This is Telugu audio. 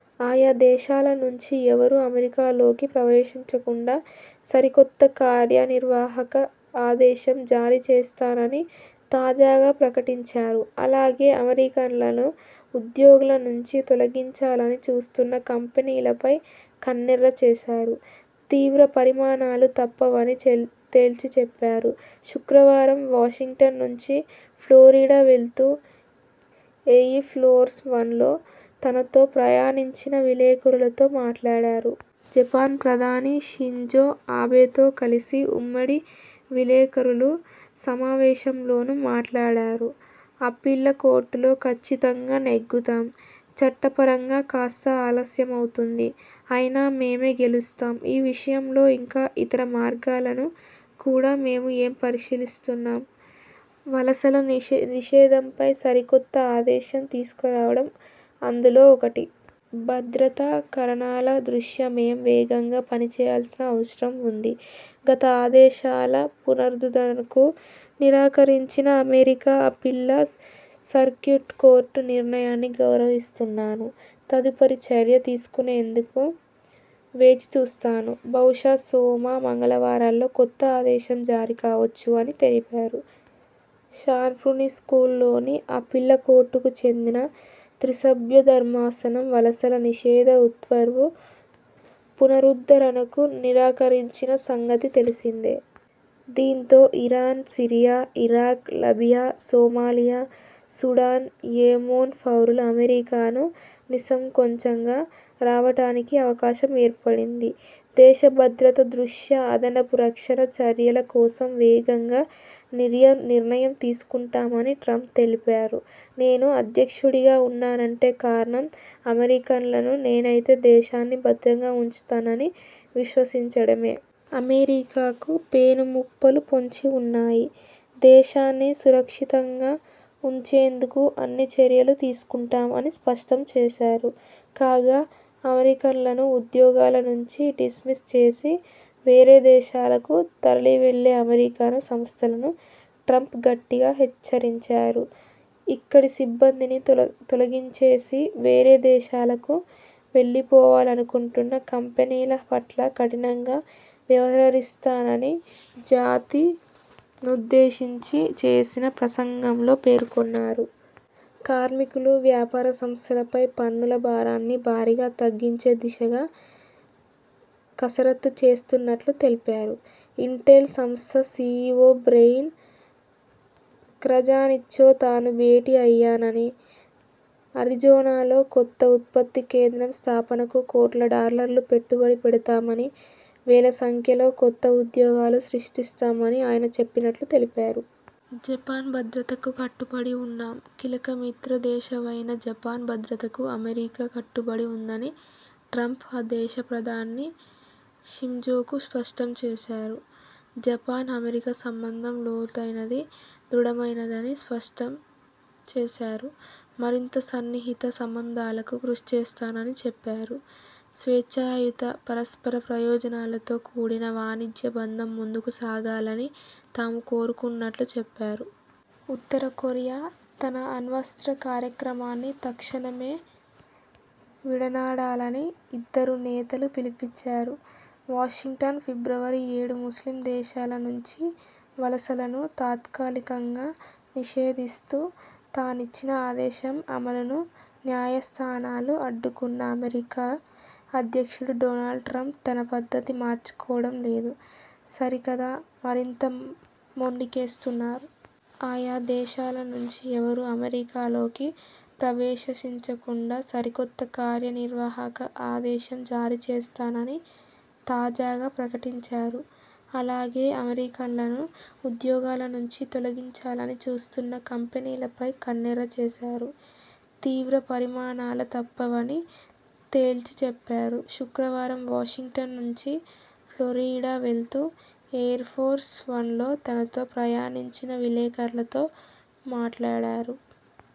ఆయా దేశాల నుంచి ఎవరూ అమెరికాలోకి ప్రవేశించకుండా సరికొత్త కార్యనిర్వాహక ఆదేశం జారీచేస్తానని తాజాగా ప్రకటించారు. అలాగే అమెరికన్లను ఉద్యోగాలనుంచి తొలగించాలని చూస్తున్న కంపెనీలపై కన్నెర్ర చేశారు. తీవ్ర పరిణామాలు తప్పవని తేల్చిచెప్పారు. శుక్రవారం వాషింగ్టన్ నుంచి ఫ్లోరిడా వెళ్తూ ఎయిర్ఫోర్స్ వన్లో తనతో ప్రయాణించిన విలేకరులతో మాట్లాడారు. జపాన్ ప్రధాని షింజో అబెతో కలిసి ఉమ్మడి విలేకరుల సమావేశంలోనూ మాట్లాడారు. 'అప్పీళ్ల కోర్టులో కచ్చితంగా నెగ్గుతాం. చట్టపరంగా కాస్త ఆలస్యమవుతుంది. అయినా మేమే గెలుస్తాం. ఈ విషయంలో ఇంకా ఇతర మార్గాలను కూడా మేం పరిశీలిస్తున్నాం. వలసల నిషేధంపై సరికొత్త ఆదేశం తీసుకురావడం అందులో ఒకటి. భద్రతా కారణాల దృష్ట్యా మేం వేగంగా పనిచేయాల్సిన అవసరం ఉంది. గత ఆదేశాల పునరుద్ధరణకు నిరాకరించిన అమెరికా అప్పీళ్ల సర్క్యూట్ కోర్టు నిర్ణయాన్ని గౌరవిస్తున్నాను. తదుపరి చర్య తీసుకునేందుకు వేచిచూస్తాను. బహుశా సోమ, మంగళవారాల్లో కొత్త ఆదేశం జారీ కావచ్చు' అని తెలిపారు. శాన్ఫ్రాన్సిస్కోలోని అప్పీళ్ల కోర్టుకు చెందిన త్రిసభ్య ధర్మాసనం వలసల నిషేధ ఉత్తర్వు పునరుద్ధరణకు నిరాకరించిన సంగతి తెలిసిందే. దీంతో Iran, Syria, Iraq, Libya, Somalia, Sudan, Yemen పౌరులు అమెరికాకు నిస్సంకోచంగా రావడానికి అవకాశం ఏర్పడింది. దేశ భద్రత దృష్ట్యా అదనపు రక్షణ చర్యల కోసం వేగంగా నిర్ణయం తీసుకుంటామని ట్రంప్ తెలిపారు. 'నేను అధ్యక్షుడిగా ఉన్నానంటే కారణం అమెరికన్లు నేనైతే దేశాన్ని భద్రంగా ఉంచుతానని విశ్వసించడమే. అమెరికాకు పెను ముప్పులు పొంచి ఉన్నాయి. దేశాన్ని సురక్షితంగా ఉంచేందుకు అన్ని చర్యలూ తీసుకుంటాం' అని స్పష్టం చేశారు. కాగా అమెరికన్లను ఉద్యోగాల నుంచి డిస్మిస్ చేసి వేరే దేశాలకు తరలివెళ్లే అమెరికన్ సంస్థలను ట్రంప్ గట్టిగా హెచ్చరించారు. ఇక్కడి సిబ్బందిని తొలగించేసి వేరే దేశాలకు వెళ్లిపోవాలనుకుంటున్న కంపెనీల పట్ల కఠినంగా వ్యవహరిస్తానని జాతినుద్దేశించి చేసిన ప్రసంగంలో పేర్కొన్నారు. కార్మికులు, వ్యాపార సంస్థలపై పన్నుల భారాన్ని భారీగా తగ్గించే దిశగా కసరత్తు చేస్తున్నట్లు తెలిపారు. ఇంటెల్ సంస్థ సీఈవో బ్రియాన్ క్రజానిచ్తో తాను భేటీ అయ్యానని, అరిజోనాలో కొత్త ఉత్పత్తి కేంద్రం స్థాపనకు కోట్ల డాలర్ల పెట్టుబడి పెడతామని, వేల సంఖ్యలో కొత్త ఉద్యోగాలు సృష్టిస్తామని ఆయన చెప్పినట్లు తెలిపారు. జపాన్ భద్రతకు కట్టుబడి ఉన్నాం కీలక మిత్రదేశమైన జపాన్ భద్రతకు అమెరికా కట్టుబడి ఉందని ట్రంప్ ఆ దేశ ప్రధాని షింజోకు స్పష్టం చేశారు. జపాన్-అమెరికా బంధం లోతైనది, దృఢమైనదని స్పష్టం చేశారు. మరింత సన్నిహిత సంబంధాలకు కృషిచేస్తానని చెప్పారు. స్వేచ్ఛాయుత, పరస్పర ప్రయోజనాలతో కూడిన వాణిజ్య బంధం ముందుకు సాగాలని తాము కోరుకుంటున్నట్లు చెప్పారు. ఉత్తరకొరియా తన అణ్వస్త్ర కార్యక్రమాన్ని తక్షణమే విడనాడాలని ఇద్దరు నేతలూ పిలుపిచ్చారు. వాషింగ్టన్, ఫిబ్రవరి: ఏడు ముస్లిం దేశాల నుంచి వలసలను తాత్కాలికంగా నిషేధిస్తూ తానిచ్చిన ఆదేశం అమలును న్యాయస్థానాలు అడ్డుకున్నా అమెరికా అధ్యక్షుడు డొనాల్డ్ ట్రంప్ తన పద్ధతి మార్చుకోవడం లేదు సరికదా మరింత మొండికేస్తున్నారు. ఆయా దేశాల నుంచి ఎవరూ అమెరికాలోకి ప్రవేశించకుండా సరికొత్త కార్యనిర్వాహక ఆదేశం జారీచేస్తానని తాజాగా ప్రకటించారు. అలాగే అమెరికన్లను ఉద్యోగాలనుంచి తొలగించాలని చూస్తున్న కంపెనీలపై కన్నెర్ర చేశారు. తీవ్ర పరిణామాలు తప్పవని తేల్చిచెప్పారు. శుక్రవారం వాషింగ్టన్ నుంచి ఫ్లోరిడా వెళ్తూ ఎయిర్ఫోర్స్ వన్లో తనతో ప్రయాణించిన విలేకరులతో మాట్లాడారు.